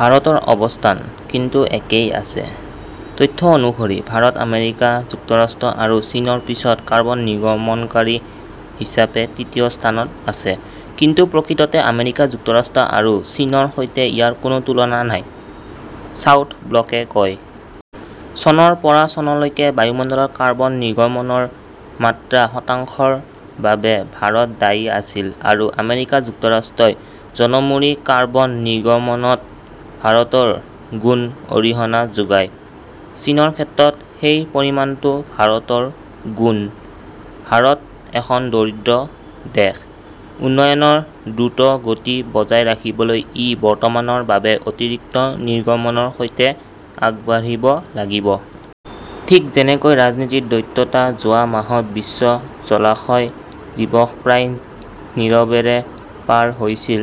ভাৰতৰ অৱস্থান কিন্তু একেই আছে। তথ্য অনুসৰি ভাৰত আমেৰিকা যুক্তৰাষ্ট্ৰ আৰু চীনৰ পিছত কাৰ্বন নিৰ্গমনকাৰী হিচাপে তৃতীয় স্থানত আছে, কিন্তু প্ৰকৃততে আমেৰিকা যুক্তৰাষ্ট্ৰ আৰু চীনৰ সৈতে ইয়াৰ কোনো তুলনা নাই, চাউথ ব্লকে কয়। চনৰ পৰা চনলৈকে বায়ুমণ্ডলত কাৰ্বন নিৰ্গমনৰ মাত্ৰ শতাংশৰ বাবে ভাৰত দায়ী আছিল। আৰু, আমেৰিকা যুক্তৰাষ্ট্ৰই জনমূৰি কাৰ্বন নিৰ্গমনত ভাৰতৰ গুণ অৰিহণা যোগায়। চীনৰ ক্ষেত্ৰত সেই পৰিমাণটো ভাৰতৰ গুণ। ভাৰত এখন দৰিদ্ৰ দেশ, উন্নয়নৰ দ্ৰুত গতি বজাই ৰাখিবলৈ ই বৰ্তমানৰ বাবে অতিৰিক্ত নিৰ্গমনৰ সৈতে আগবাঢ়িব লাগিব। ঠিক যেনেকৈ ৰাজনীতিৰ দ্বৈততা, যোৱা মাহত বিশ্ব জলাশয় দিৱস প্ৰায় নীৰৱেৰে পাৰ হৈছিল।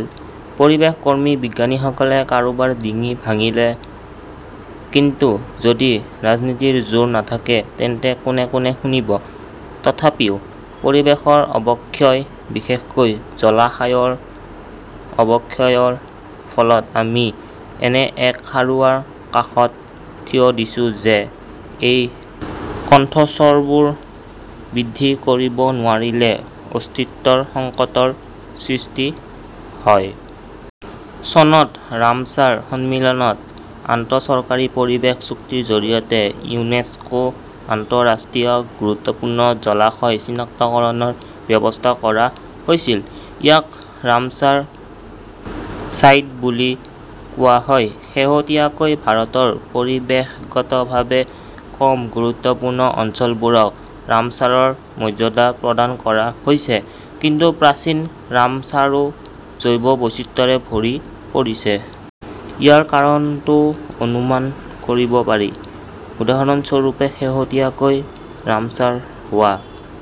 পৰিৱেশ কৰ্মী, বিজ্ঞানীসকলে কাৰোবাৰ ডিঙি ভাঙিছে, কিন্তু যদি ৰাজনীতিৰ জোৰ নাথাকে তেন্তে কোনে - কোনে শুনিব। তথাপিও পৰিৱেশৰ অৱক্ষয়, বিশেষকৈ জলাশয়ৰ অৱক্ষয়ৰ ফলত আমি এনে এক খাৰুৱাৰ কাষত থিয় দিছো যে এই কণ্ঠস্বৰবোৰ বৃদ্ধি কৰিব নোৱাৰিলে অস্তিত্বৰ সংকটৰ সৃষ্টি হয়। চনত ৰামছাৰ সন্মিলনত আন্তঃচৰকাৰী পৰিৱেশ চুক্তিৰ জৰিয়তে ইউনেস্কো, আন্তঃৰাষ্ট্ৰীয় গুৰুত্বপূৰ্ণ জলাশয় চিনাক্তকৰণৰ ব্যৱস্থা কৰা হৈছিল। ইয়াক ৰামছাৰ ছাইট বুলি কোৱা হয়। শেহতীয়াকৈ ভাৰতৰ পৰিৱেশগতভাৱে কম গুৰুত্বপূৰ্ণ অঞ্চলবোৰক ৰামচাৰৰ মৰ্যাদা প্ৰদান কৰা হৈছে, কিন্তু প্ৰাচীন ৰামচাৰো জৈৱ বৈচিত্ৰ্যৰে ভৰি পৰিছে। ইয়াৰ কাৰণটোও অনুমান কৰিব পাৰি। উদাহৰণস্বৰূপে, শেহতীয়াকৈ ৰামছাৰ হোৱা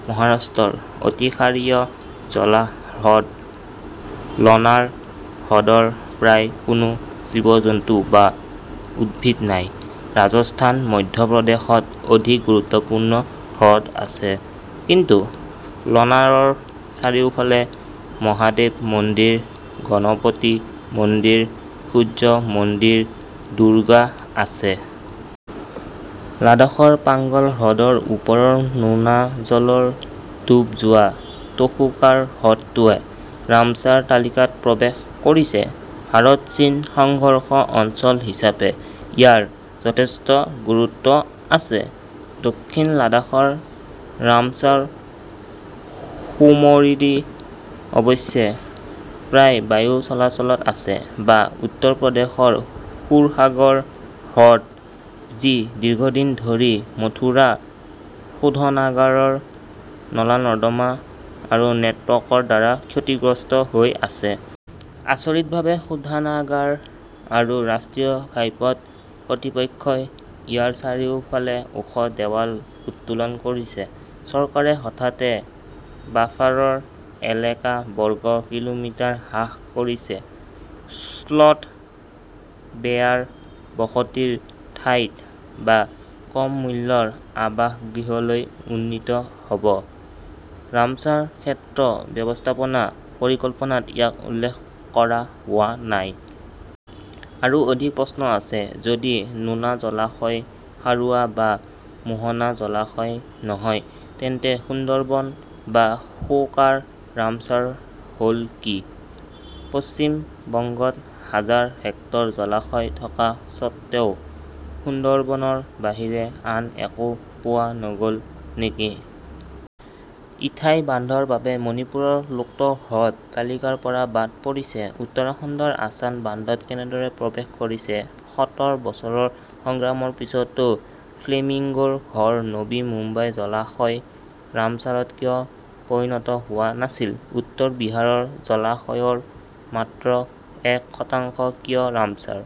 মহাৰাষ্ট্ৰৰ অতিক্ষাৰীয় জলাহ হ্ৰদ লনাৰ হ্ৰদৰ প্ৰায় কোনো জীৱ-জন্তু বা উদ্ভিদ নাই, ৰাজস্থান, মধ্যপ্ৰদেশত অধিক গুৰুত্বপূৰ্ণ হ্ৰদ আছে, কিন্তু লনাৰৰ চাৰিওফালে মহাদেৱ মন্দিৰ, গণপতি মন্দিৰ, সূৰ্য মন্দিৰ, দৰ্গা আছে। লাডাখৰ পাঙ্গং হ্ৰদৰ ওচৰৰ নোনাজলৰ ডুব যোৱা তসো-কাৰ হ্ৰদটোৱে ৰামছাৰ তালিকাত প্ৰৱেশ কৰিছে। ভাৰত-চীন সংঘৰ্ষ অঞ্চল হিচাপে ইয়াৰ যথেষ্ট গুৰুত্ব আছে। দক্ষিণ লাডাখৰ ৰামছাৰ সো মৰিৰি অৱশ্যে প্ৰায় বায়ু চলাচলত আছে। বা, উত্তৰ প্ৰদেশৰ সুৰসাগৰ হ্ৰদ, যি দীৰ্ঘদিন ধৰি মথুৰা শোধনাগাৰৰ নলা-নৰ্দমা আৰু নেটৱৰ্কৰ দ্বাৰা ক্ষতিগ্ৰস্ত হৈ আছে। আচৰিতভাৱে, শোধনাগাৰ আৰু ৰাষ্ট্ৰীয় পথ কৰ্তৃপক্ষই ইয়াৰ চাৰিওফালে ওখ দেৱাল উত্তোলন কৰিছে। চৰকাৰে হঠাতে বাফাৰৰ এলেকা বৰ্গ কিলোমিটাৰ হ্ৰাস কৰিছে, স্লথ-বেয়াৰ বসতিৰ ঠাইত বা কম মূল্যৰ আৱাসগৃহলৈ উন্নীত হ 'ব। ৰামছাৰ ক্ষেত্ৰ ব্যৱস্থাপনা পৰিকল্পনাত ইয়াক উল্লেখ কৰা হোৱা নাই। আৰু অধিক প্ৰশ্ন আছে, যদি নোনা জলাশয়, খাৰুৱা বা মোহনা জলাশয় নহয়, তেন্তে সুন্দৰবন বা সো-কাৰ ৰামছাৰ হল কি? পশ্চিম বংগত হাজাৰ হেক্টৰ জলাশয় থকা স্বত্বেও সুন্দৰবনৰ বাহিৰে আন একো পোৱা নগ'ল নেকি? ইথাই বান্ধৰ বাবে মণিপুৰৰ লোকটক হ্ৰদ তালিকাৰ পৰা বাদ পৰিছে, উত্তৰাখণ্ডৰ আছান বান্ধত কেনেদৰে প্ৰৱেশ কৰিছে? সতৰ বছৰৰ সংগ্ৰামৰ পিছতো ফ্লেমিঙ্গোৰ ঘৰ নবী মুম্বাই জলাশয় ৰামছাৰত কিয় পৰিণত হোৱা নাছিল। উত্তৰ বিহাৰৰ জলাশয়ৰ মাত্ৰ এক শতাংশ কিয় ৰামছাৰ?